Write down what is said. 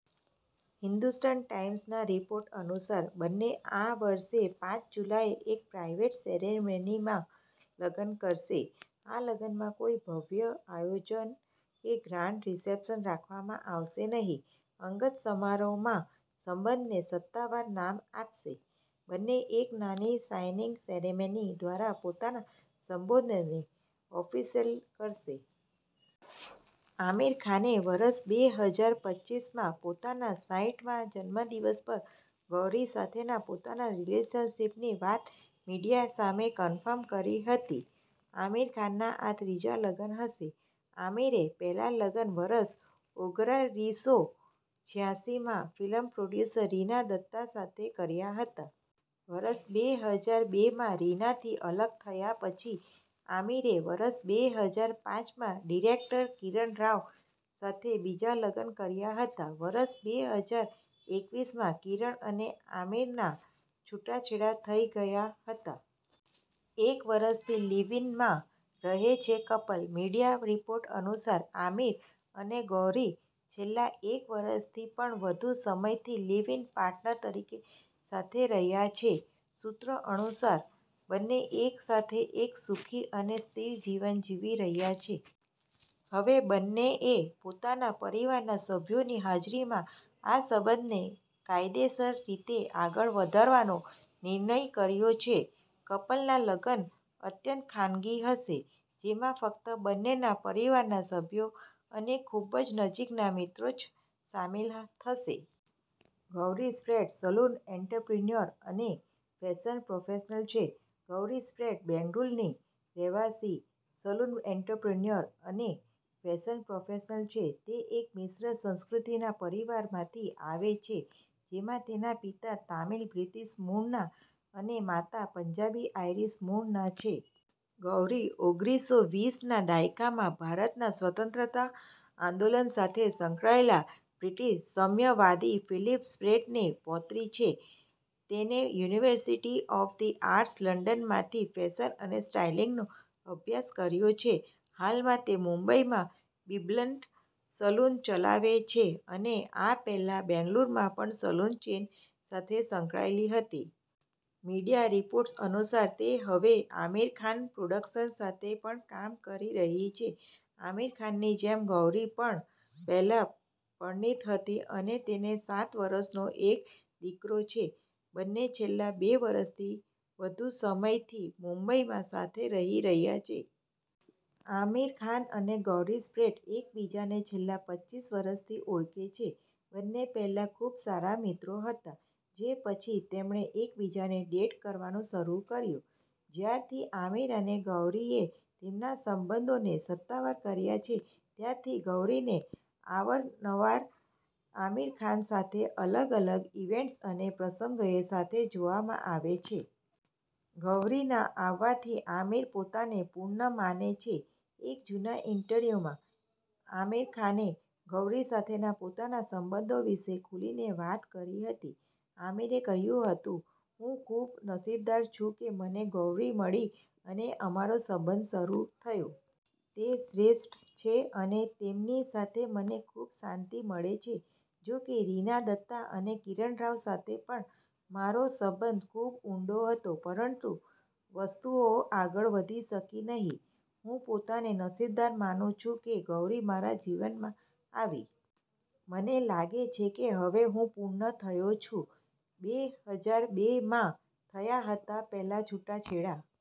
હિન્દુસ્તાન ટાઈમ્સ'ના રિપોર્ટ અનુસાર, બંને આ વર્ષે પાંચ જુલાઈએ એક પ્રાઈવેટ સેરેમનીમાં લગ્ન કરશે. આ લગ્નમાં કોઈ ભવ્ય આયોજન કે ગ્રાન્ડ રિસેપ્શન રાખવામાં આવશે નહીં. અંગત સમારોહમાં સંબંધને સત્તાવાર નામ આપશે. બંને એક નાની સાઈનિંગ સેરેમની દ્વારા પોતાના સંબંધોને ઓફિશિયલ કરશે. આમિર ખાને વર્ષ બે હજાર પચ્ચીસમાં પોતાના સાઈઠ મા જન્મદિવસ પર ગૌરી સાથેના પોતાના રિલેશનશિપની વાત મીડિયા સામે કન્ફર્મ કરી હતી. આમિર ખાનના આ ત્રીજા લગ્ન હશે. આમિરે પહેલા લગ્ન વર્ષ ઓગરીસો છીયાસી માં ફિલ્મ પ્રોડ્યુસર રીના દત્તા સાથે કર્યા હતા. વર્ષ બે હજાર બે માં રીનાથી અલગ થયા પછી, આમિરે વર્ષ બે હજાર પાંચ માં ડિરેક્ટર કિરણ રાવ સાથે બીજા લગ્ન કર્યા હતા. વર્ષ બે હજાર એકવીસ માં કિરણ અને આમિરના છૂટાછેડા થઈ ગયા હતા. એક વર્ષથી લિવ-ઇનમાં રહે છે કપલ. મીડિયા રિપોર્ટ અનુસાર, આમિર અને ગૌરી છેલ્લા એક વર્ષથી પણ વધુ સમયથી લિવ-ઇન પાર્ટનર તરીકે સાથે રહ્યા છે. સૂત્રો અનુસાર, બંને એક સાથે એક સુખી અને સ્થિર જીવન જીવી રહ્યા છે. હવે બંનેએ પોતાના પરિવારના સભ્યોની હાજરીમાં આ સંબંધને કાયદેસર રીતે આગળ વધારવાનો નિર્ણય કર્યો છે. કપલના લગ્ન અત્યંત ખાનગી હશે, જેમાં ફક્ત બંનેના પરિવારના સભ્યો અને ખૂબ જ નજીકના મિત્રો જ સામેલ થશે. ગૌરી સ્પ્રેટ સલૂન આંત્રપ્રિન્યોર અને ફેશન પ્રોફેશનલ છે. ગૌરી સ્પ્રેટ બેંગલુરુની રહેવાસી, સલૂન આંત્રપ્રિન્યોર, અને ફેશન પ્રોફેશનલ છે. તે એક મિશ્ર સંસ્કૃતિના પરિવારમાંથી આવે છે, જેમાં તેના પિતા તમિલ-બ્રિટિશ મૂળના અને માતા પંજાબી-આઇરિશ મૂળના છે. ગૌરી ઓગરીસો વીસ ના દાયકામાં ભારતના સ્વતંત્રતા આંદોલન સાથે સંકળાયેલા બ્રિટિશ સામ્યવાદી ફિલિપ સ્પ્રેટની પૌત્રી છે. તેણે University 'of the Arts London' માંથી ફેશન અને સ્ટાઇલિંગનો અભ્યાસ કર્યો છે. હાલમાં તે મુંબઈમાં 'બીબ્લન્ટ' સલૂન ચલાવે છે, અને આ પહેલા બેંગલુરુમાં પણ સલૂન ચેઇન સાથે સંકળાયેલી હતી. મીડિયા રિપોર્ટ્સ અનુસાર તે હવે આમિર ખાન પ્રોડક્શન્સ સાથે પણ કામ કરી રહી છે. આમિર ખાનની જેમ ગૌરી પણ પહેલા પરિણીત હતી અને તેને સાત વર્ષનો એક દીકરો છે. બંને છેલ્લા બે વર્ષથી વધુ સમયથી મુંબઈમાં સાથે રહી રહ્યા છે. આમિર ખાન અને ગૌરી સ્પ્રેટ એકબીજાને છેલ્લા પચ્ચીસ વર્ષથી ઓળખે છે. બંને પહેલા ખૂબ સારા મિત્રો હતા, જે પછી તેમણે એકબીજાને ડેટ કરવાનું શરૂ કર્યું. જ્યારથી આમિર અને ગૌરીએ તેમના સંબંધોને સત્તાવાર કર્યા છે, ત્યારથી ગૌરીને અવારનવાર આમિર ખાન સાથે અલગ-અલગ ઇવેન્ટ્સ અને પ્રસંગોએ સાથે જોવામાં આવે છે. ગૌરીના આવવાથી આમિર પોતાને પૂર્ણ માને છે. એક જૂના ઇન્ટરવ્યુમાં આમિર ખાને, ગૌરી સાથેના પોતાના સંબંધો વિશે ખુલીને વાત કરી હતી. આમિરે કહ્યું હતું, "હું ખૂબ નસીબદાર છું કે મને ગૌરી મળી અને અમારો સંબંધ શરૂ થયો. તે શ્રેષ્ઠ છે અને તેમની સાથે મને ખૂબ શાંતિ મળે છે. જોકે, રીના દત્તા અને કિરણ રાવ સાથે પણ મારો સંબંધ ખૂબ ઊંડો હતો, પરંતુ વસ્તુઓ આગળ વધી શકી નહીં. હું પોતાને નસીબદાર માનું છું કે ગૌરી મારા જીવનમાં આવી. મને લાગે છે કે હવે હું પૂર્ણ થયો છું." બે હજાર બે માં થયા હતા પહેલા છૂટાછેડા.